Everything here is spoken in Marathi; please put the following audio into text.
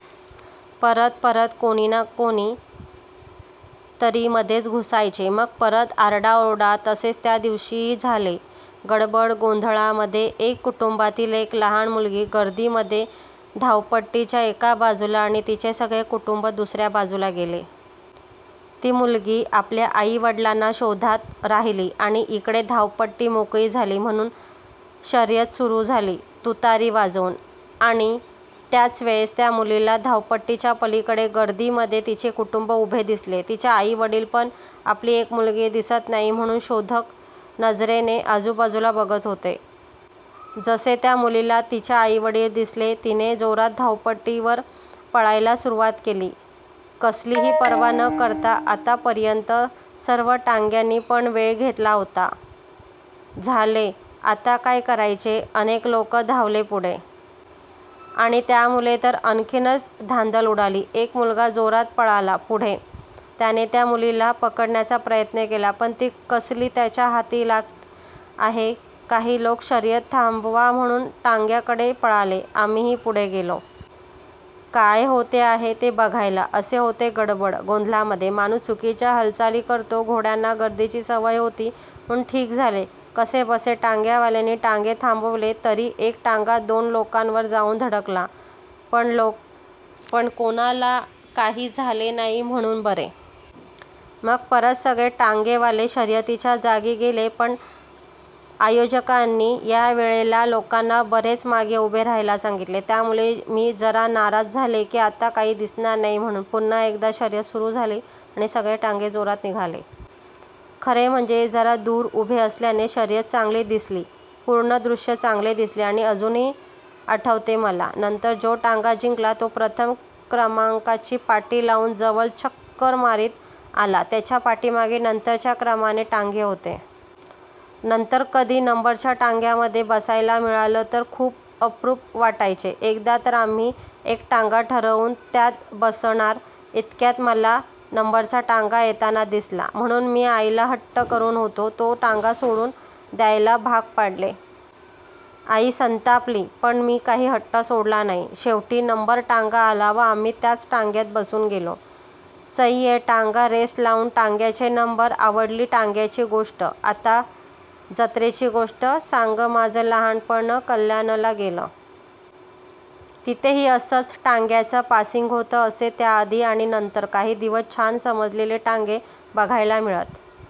परत परत कोणी ना कोणी तरी मधेच घुसायचे मग परत आरडा ओरडा. तसेच त्या दिवशीही झाले. गडबड गोंधळा मध्ये एका कुटुंबातील एक लहान मुलगी गर्दी मध्ये धावपट्टी च्या एका बाजूला आणि तिचे सगळे कुटुंब दुसऱ्या बाजूला गेले. ती मुलगी आपल्या आई वडिलांना शोधात राहिली आणि इकडे धावपट्टी मोकळी झाली म्हणून शर्यंत सुरु झाली तुतारी वाजवून. आणि त्याच वेळेस त्या मुलीला धावपट्टीच्या पलीकडे गर्दी मध्ये तिचे कुटुंब उभे दिसले. तिचे आई वडील पण आपली एक मुलगी दिसत नाही म्हणून शोधक नजरेने आजूबाजूला बघत होते. जसे त्या मुलीला तिचे आईवडील दिसले तिने जोरात धावपट्टी वर पळायला सुरुवात केली कसलीही पर्वा न करता, आता पर्यंत सर्व टांग्यानी पण वेग घेतला होता. झाले. आता काय करायचे. अनेक लोकं धावले पुढे. आणि त्यामुळे तर आणिखीनच धांदल उडाली. एक मुलगा जोरात पळाला पुढे. त्याने त्या मुलीला पकडण्याचा प्रयत्न केला. पण ती कसली त्याच्या हाती लागते आहे. काही लोक शर्यत थांबवा म्हणून टांग्यांकडे पळाले. आम्हीहि पुढे गेलो. काय होते आहे ते बघायला. असे होते गडबड गोधळामध्ये. माणूस चुकीच्या हालचाली करतो. घोड्यांना गर्दीची सवय होती म्हणून ठीक झाले. कसेबसे टांग्या वाल्यांनी टांगे थांबविले. तरी एक टांगा दोन लोकांवर जाऊन धडकला पण कोणालाही काही झाले नाही म्हणून बरे. मग परत सगळे टांगेवाले शर्यतीच्या जागी गेले. पण आयोजकांनी या वेळेला लोकांना बरेच मागे उभे राहायला सांगितले. त्या मुळे मी जरा नाराज झाले कि आता काही दिसणार नाही म्हणून. पुन्हा एकदा शर्यत सुरु झाली आणि सगळे टांगे जोरात निघाले. खरे म्हणजे जरा दूर उभे असल्याने शर्यत चांगली दिसली. पूर्ण दृश्य चांगले दिसले आणि अजूनही आठवते मला. नंतर जो टांगा जिंकला तो प्रथम क्रमांकाची पाटी लावून जवळ चक्कर मारीत आला. त्याच्या पाठीमागे नंतरच्या क्रमाने टांगे होते. नंतर कधी नंबरच्या टांग्यामध्ये बसायला मिळालं तर खूप अप्रूप वाटायचे. एकदा तर आम्ही एक टांगा ठरवून त्यात बसणार इतक्यात मला नंबरचा टांगा येताना दिसला म्हणून मी आईला हट्ट करून होता तो टांगा सोडून द्यायला भाग पाडले. आई संतांपली पण मी काही हट्ट सोडला नाही. शेवटी नंबर टांगा आला व आम्ही त्याच टांग्यात बसून गेलो. सहिये टांगा रेस लावून टांग्यांचे नंबर.. आवडली टांग्याची गोष्ट, आता जत्रेची गोष्ट सांगमाझं लहानपण कल्याणला गेलं. तिथेही असंच टांग्यांचं पासिंग होत असे. त्याआधी आणि नंतर काही दिवस छान सजवलेले टांगे बघायला मिळत.